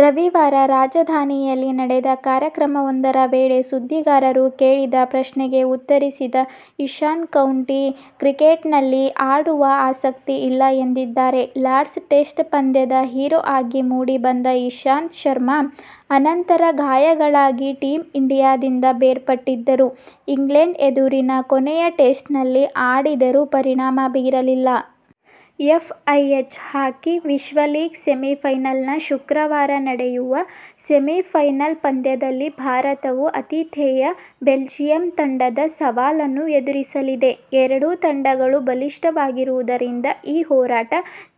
ರವಿವಾರ ರಾಜಧಾನಿಯಲ್ಲಿ ನಡೆದ ಕಾರ್ಯಕ್ರಮವೊಂದರ ವೇಳೆ ಸುದ್ದಿಗಾರರು ಕೇಳಿದ ಪ್ರಶ್ನೆಗೆ ಉತ್ತರಿಸಿದ ಇಶಾಂತ್, ಕೌಂಟಿ ಕ್ರಿಕೆಟ್ನಲ್ಲಿ ಆಡುವ ಆಸಕ್ತಿ ಇಲ್ಲ ಎಂದಿದ್ದಾರೆ. ಲಾರ್ಡ್ಸ್ ಟೆಸ್ಟ್ ಪಂದ್ಯದ ಹೀರೋ ಆಗಿ ಮೂಡಿಬಂದ ಇಶಾಂತ್ ಶರ್ಮ, ಅನಂತರ ಗಾಯಾಳಾಗಿ ಟೀಮ್ ಇಂಡಿಯಾದಿಂದ ಬೇರ್ಪಟ್ಟಿದ್ದರು. ಇಂಗ್ಲೆಂಡ್ ಎದುರಿನ ಕೊನೆಯ ಟೆಸ್ಟ್ನಲ್ಲಿ ಆಡಿದರೂ ಪರಿಣಾಮ ಬೀರಿರಲಿಲ್ಲ. ಎಫ್ಐಎಚ್ ಹಾಕಿ ವಿಶ್ವ ಲೀಗ್ ಸೆಮಿಫೈನಲ್ಸ್ನ ಶುಕ್ರವಾರ ನಡೆಯುವ ಸೆಮಿಫೈನಲ್ ಪಂದ್ಯದಲ್ಲಿ ಭಾರತವು ಆತಿಥೇಯ ಬೆಲ್ಜಿಯಂ ತಂಡದ ಸವಾಲನ್ನು ಎದುರಿಸಲಿದೆ. ಎರಡೂ ತಂಡಗಳು ಬಲಿಷ್ಠವಾಗಿರುವುದರಿಂದ ಈ ಹೋರಾಟ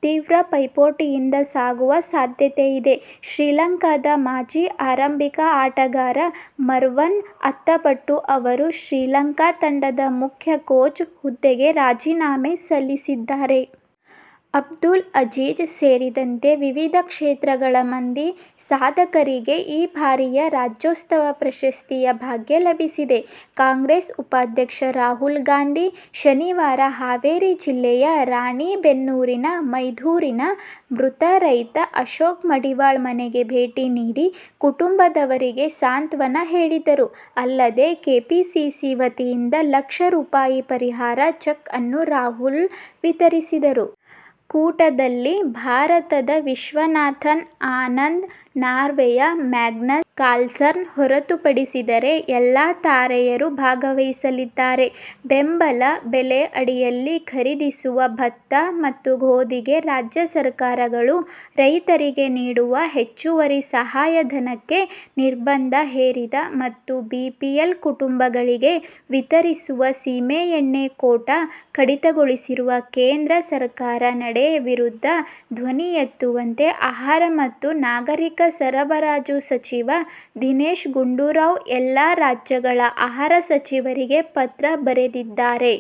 ತೀವ್ರ ಪೈಪೋಟಿಯಿಂದ ಸಾಗುವ ಸಾಧ್ಯತೆಯಿದೆ. ಶ್ರೀಲಂಕಾದ ಮಾಜಿ ಆರಂಭಿಕ ಆಟಗಾರ ಮರ್ವನ್ ಅತ್ತಪಟ್ಟು ಅವರು ಶ್ರೀಲಂಕಾ ತಂಡದ ಮುಖ್ಯ ಕೋಚ್ ಹುದ್ದೆಗೆ ರಾಜೀನಾಮೆ ಸಲ್ಲಿಸಿದ್ದಾರೆ. ಅಬ್ದುಲ್ ಅಜೀಜ್ ಸೇರಿದಂತೆ ವಿವಿಧ ಕ್ಷೇತ್ರಗಳ ಮಂದಿ ಸಾಧಕರಿಗೆ ಈ ಬಾರಿಯ ರಾಜ್ಯೋತ್ಸವ ಪ್ರಶಸ್ತಿಯ ಭಾಗ್ಯ ಲಭಿಸಿದೆ. ಕಾಂಗ್ರೆಸ್ ಉಪಾಧ್ಯಕ್ಷ ರಾಹುಲ್ ಗಾಂಧಿ ಶನಿವಾರ ಹಾವೇರಿ ಜಿಲ್ಲೆಯ ರಾಣಿಬೆನ್ನೂರಿನ ಮೈದೂರಿನ ಮೃತ ರೈತ ಅಶೋಕ್ ಮಡಿವಾಳ ಮನೆಗೆ ಭೇಟಿ ನೀಡಿ ಕುಟುಂಬದವರಿಗೆ ಸಾಂತ್ವನ ಹೇಳಿದರು. ಅಲ್ಲದೇ ಕೆಪಿಸಿಸಿ ವತಿಯಿಂದ ಲಕ್ಷ ರೂಪಾಯಿ ಪರಿಹಾರ ಚೆಕ್ ಅನ್ನು ರಾಹುಲ್ ವಿತರಿಸಿದರು. ಕೂಟದಲ್ಲಿ ಭಾರತದ ವಿಶ್ವನಾಥನ್ ಆನಂದ್, ನಾರ್ವೆಯ ಮ್ಯಾಗ್ನಸ್ ಕಾರ್ಲ್ಸನ್ ಹೊರತುಪಡಿಸಿದರೆ ಎಲ್ಲ ತಾರೆಯರೂ ಭಾಗವಹಿಸಲಿದ್ದಾರೆ. ಬೆಂಬಲ ಬೆಲೆ ಅಡಿಯಲ್ಲಿ ಖರೀದಿಸುವ ಭತ್ತ ಮತ್ತು ಗೋದಿಗೆ ರಾಜ್ಯ ಸರ್ಕಾರಗಳು ರೈತರಿಗೆ ನೀಡುವ ಹೆಚ್ಚುವರಿ ಸಹಾಯಧನಕ್ಕೆ ನಿರ್ಬಂಧ ಹೇರಿದ ಮತ್ತು ಬಿಪಿಎಲ್ ಕುಟುಂಗಳಿಗೆ ವಿತರಿಸುವ ಸೀಮೆ ಎಣ್ಣೆ ಕೋಟಾ ಕಡಿತಗೊಳಿಸಿರುವ ಕೇಂದ್ರ ಸರ್ಕಾರ ನಡೆ ವಿರುದ್ಧ ಧ್ವನಿ ಎತ್ತುವಂತೆ ಆಹಾರ ಮತ್ತು ನಾಗರಿಕ ಸರಬರಾಜು ಸಚಿವ ದಿನೇಶ ಗುಂಡೂರಾವ್ ಎಲ್ಲ ರಾಜ್ಯಗಳ ಆಹಾರ ಸಚಿವರಿಗೆ ಪತ್ರ ಬರೆದಿದ್ದಾರೆ.